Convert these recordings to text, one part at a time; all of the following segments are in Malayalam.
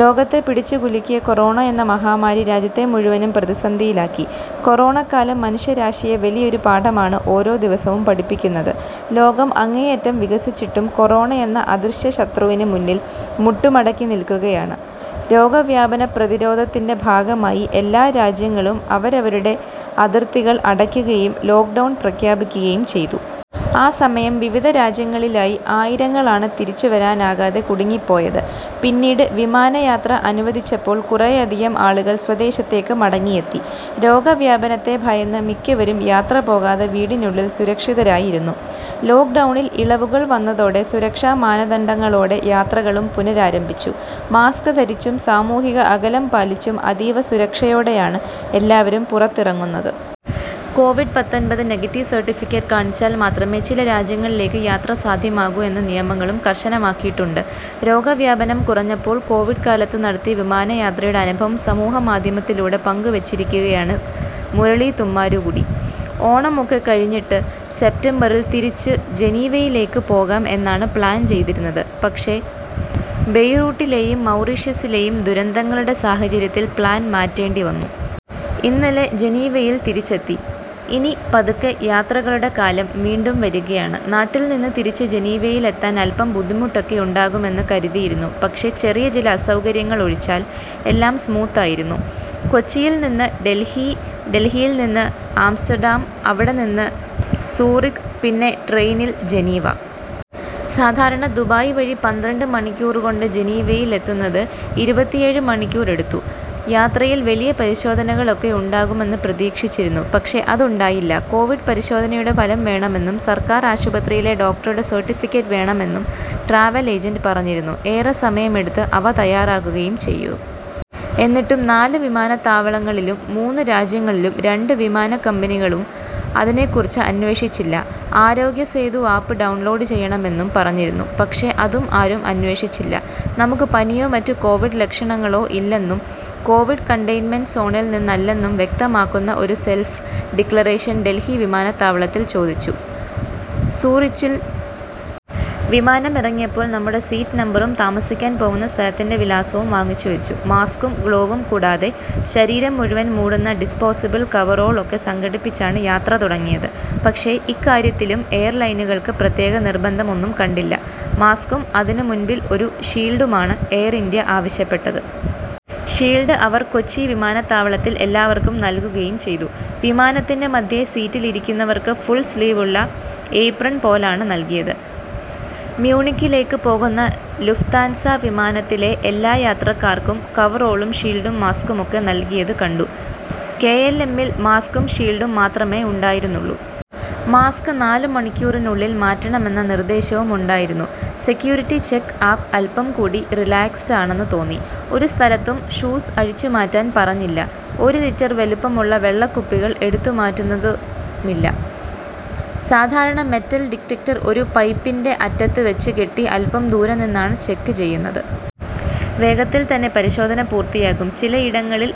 ലോകത്തെ പിടിച്ചുകുലുക്കിയ കൊറോണ എന്ന മഹാമാരി രാജ്യത്തെ മുഴുവനും പ്രതിസന്ധിയിലാക്കി. കൊറോണക്കാലം മനുഷ്യരാശിയെ വലിയൊരു പാഠമാണ് ഓരോ ദിവസവും പഠിപ്പിക്കുന്നത്. ലോകം അങ്ങേയറ്റം വികസിച്ചിട്ടും കൊറോണയെന്ന അദൃശ്യ ശത്രുവിന് മുന്നിൽ മുട്ടുമടക്കി നിൽക്കുകയാണ്. രോഗവ്യാപന പ്രതിരോധത്തിന്റെ ഭാഗമായി എല്ലാ രാജ്യങ്ങളും അവരവരുടെ അതിർത്തികൾ അടയ്ക്കുകയും ലോക്ഡൗൺ പ്രഖ്യാപിക്കുകയും ചെയ്തു. ആ സമയം വിവിധ രാജ്യങ്ങളിലായി ആയിരങ്ങളാണ് തിരിച്ചുവരാനാകാതെ കുടുങ്ങിപ്പോയത്. പിന്നീട് വിമാനയാത്ര അനുവദിച്ചപ്പോൾ കുറെയധികം ആളുകൾ സ്വദേശത്തേക്ക് മടങ്ങിയെത്തി. രോഗവ്യാപനത്തെ ഭയന്ന് മിക്കവരും യാത്ര പോകാതെ വീടിനുള്ളിൽ സുരക്ഷിതരായിരുന്നു. ലോക്ഡൗണിൽ ഇളവുകൾ വന്നതോടെ സുരക്ഷാ മാനദണ്ഡങ്ങളോടെ യാത്രകളും പുനരാരംഭിച്ചു. മാസ്ക് ധരിച്ചും സാമൂഹിക അകലം പാലിച്ചും അതീവ സുരക്ഷയോടെയാണ് എല്ലാവരും പുറത്തിറങ്ങുന്നത്. കോവിഡ് പത്തൊൻപത് നെഗറ്റീവ് സർട്ടിഫിക്കറ്റ് കാണിച്ചാൽ മാത്രമേ ചില രാജ്യങ്ങളിലേക്ക് യാത്ര സാധ്യമാകൂ എന്ന നിയമങ്ങളും കർശനമാക്കിയിട്ടുണ്ട്. രോഗവ്യാപനം കുറഞ്ഞപ്പോൾ കോവിഡ് കാലത്ത് നടത്തിയ വിമാനയാത്രയുടെ അനുഭവം സമൂഹമാധ്യമത്തിലൂടെ പങ്കുവച്ചിരിക്കുകയാണ് മുരളി തുമ്മാരുകുടി. ഓണമൊക്കെ കഴിഞ്ഞിട്ട് സെപ്റ്റംബറിൽ തിരിച്ചുജനീവയിലേക്ക് പോകാം എന്നാണ് പ്ലാൻ ചെയ്തിരുന്നത്. പക്ഷേ ബെയ്റൂട്ടിലെയും മൗറീഷ്യസിലെയും ദുരന്തങ്ങളുടെ സാഹചര്യത്തിൽ പ്ലാൻ മാറ്റേണ്ടിവന്നു. ഇന്നലെ ജനീവയിൽ തിരിച്ചെത്തി. ഇനി പതുക്കെ യാത്രകളുടെ കാലം വീണ്ടും വരികയാണ്. നാട്ടിൽനിന്ന് തിരിച്ച് ജനീവയിൽ എത്താൻ അല്പം ബുദ്ധിമുട്ടൊക്കെ ഉണ്ടാകുമെന്ന് കരുതിയിരുന്നു. പക്ഷേ ചെറിയ ചില അസൗകര്യങ്ങൾ ഒഴിച്ചാൽ എല്ലാം സ്മൂത്ത് ആയിരുന്നു. കൊച്ചിയിൽനിന്ന് ഡൽഹി, ഡൽഹിയിൽനിന്ന് ആംസ്റ്റർഡാം, അവിടെനിന്ന് സൂറിക്, പിന്നെ ട്രെയിനിൽ ജനീവ. സാധാരണ ദുബായ് വഴി പന്ത്രണ്ട് മണിക്കൂർകൊണ്ട് ജനീവയിൽ എത്തുന്നത് ഇരുപത്തിയേഴ് മണിക്കൂർ എടുത്തു. യാത്രയിൽ വലിയ പരിശോധനകൾ ഒക്കെ ഉണ്ടാകുമെന്ന് പ്രതീക്ഷിച്ചിരുന്നു. പക്ഷേ അതുണ്ടായില്ല. കോവിഡ് പരിശോധനയുടെ ഫലം വേണമെന്നും സർക്കാർ ആശുപത്രിയിലെ ഡോക്ടറുടെ സർട്ടിഫിക്കറ്റ് വേണമെന്നും ട്രാവൽ ഏജന്റ് പറഞ്ഞിരുന്നു. ഏറെ സമയം എടുത്ത് അവ തയാറാക്കുകയും ചെയ്തു. എന്നിട്ടും നാല് വിമാനത്താവളങ്ങളിലും മൂന്ന് രാജ്യങ്ങളിലും രണ്ട് വിമാനക്കമ്പനികളും അതിനെക്കുറിച്ച് അന്വേഷിച്ചില്ല. ആരോഗ്യ സേതു ആപ്പ് ഡൗൺലോഡ് ചെയ്യണമെന്നും പറഞ്ഞിരുന്നു. പക്ഷേ അതും ആരും അന്വേഷിച്ചില്ല. നമുക്ക് പനിയോ മറ്റ് കോവിഡ് ലക്ഷണങ്ങളോ ഇല്ലെന്നും കോവിഡ് കണ്ടെയ്ൻമെന്റ് സോണിൽനിന്നല്ലെന്നും വ്യക്തമാക്കുന്ന ഒരു സെൽഫ് ഡിക്ലറേഷൻ ഡൽഹി വിമാനത്താവളത്തിൽ ചോദിച്ചു. സൂറിച്ചിൽ വിമാനം ഇറങ്ങിയപ്പോൾ നമ്മുടെ സീറ്റ് നമ്പറും താമസിക്കാൻ പോകുന്ന സ്ഥലത്തിന്റെ വിലാസവും വാങ്ങിവച്ചു. മാസ്കും ഗ്ലോവും കൂടാതെ ശരീരം മുഴുവൻ മൂടുന്ന ഡിസ്പോസബിൾ കവറോൾ ഒക്കെ സംഘടിപ്പിച്ചാണ് യാത്ര തുടങ്ങിയത്. പക്ഷേ ഇക്കാര്യത്തിലും എയർലൈനുകൾക്ക് പ്രത്യേക നിർബന്ധം ഒന്നും കണ്ടില്ല. മാസ്കും അതിന് മുൻപിൽ ഒരു ഷീൽഡുമാണ് എയർ ഇന്ത്യ ആവശ്യപ്പെട്ടത്. ഷീൽഡ് അവർ കൊച്ചി വിമാനത്താവളത്തിൽ എല്ലാവർക്കും നൽകുകയും ചെയ്തു. വിമാനത്തിന്റെ മധ്യ സീറ്റിൽ ഇരിക്കുന്നവർക്ക് ഫുൾ സ്ലീവുള്ള ഏപ്രൺ പോലൊന്ന് നൽകി. മ്യൂണിക്കിലേക്ക് പോകുന്ന ലുഫ്താൻസ വിമാനത്തിലെ എല്ലാ യാത്രക്കാർക്കും കവറോളും ഷീൽഡും മാസ്കും ഒക്കെ നൽകിയത് കണ്ടു. കെ എൽ എമ്മിൽ മാസ്കും ഷീൽഡും മാത്രമേ ഉണ്ടായിരുന്നുള്ളൂ. മാസ്ക് നാല് മണിക്കൂറിനുള്ളിൽ മാറ്റണമെന്ന നിർദ്ദേശവും ഉണ്ടായിരുന്നു. സെക്യൂരിറ്റി ചെക്ക് അപ്പ് അല്പം കൂടി റിലാക്സ്ഡ് ആണെന്ന് തോന്നി. ഒരു സ്ഥലത്തും ഷൂസ് അഴിച്ചുമാറ്റാൻ പറഞ്ഞില്ല. ഒരു ലിറ്റർ വലുപ്പമുള്ള വെള്ളക്കുപ്പികൾ എടുത്തുമാറ്റുന്നതുമില്ല. സാധാരണ മെറ്റൽ ഡിറ്റക്ടർ ഒരു പൈപ്പിന്റെ അറ്റത്ത് വച്ച് കെട്ടി അല്പം ദൂരെ നിന്നാണ് ചെക്ക് ചെയ്യുന്നത്. വേഗത്തിൽ തന്നെ പരിശോധന പൂർത്തിയാകും. ചിലയിടങ്ങളിൽ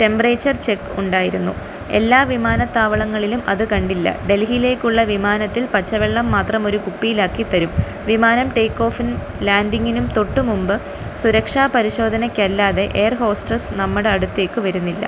ടെമ്പറേച്ചർ ചെക്ക് ഉണ്ടായിരുന്നു. എല്ലാ വിമാനത്താവളങ്ങളിലും അത് കണ്ടില്ല. ഡൽഹിയിലേക്കുള്ള വിമാനത്തിൽ പച്ചവെള്ളം മാത്രം ഒരു കുപ്പിയിലാക്കി തരും. വിമാനം ടേക്ക് ഓഫിനും ലാൻഡിങ്ങിനും തൊട്ടുമുമ്പ് സുരക്ഷാ പരിശോധനയ്ക്കല്ലാതെ എയർ ഹോസ്റ്റസ് നമ്മുടെ അടുത്തേക്ക് വരുന്നില്ല.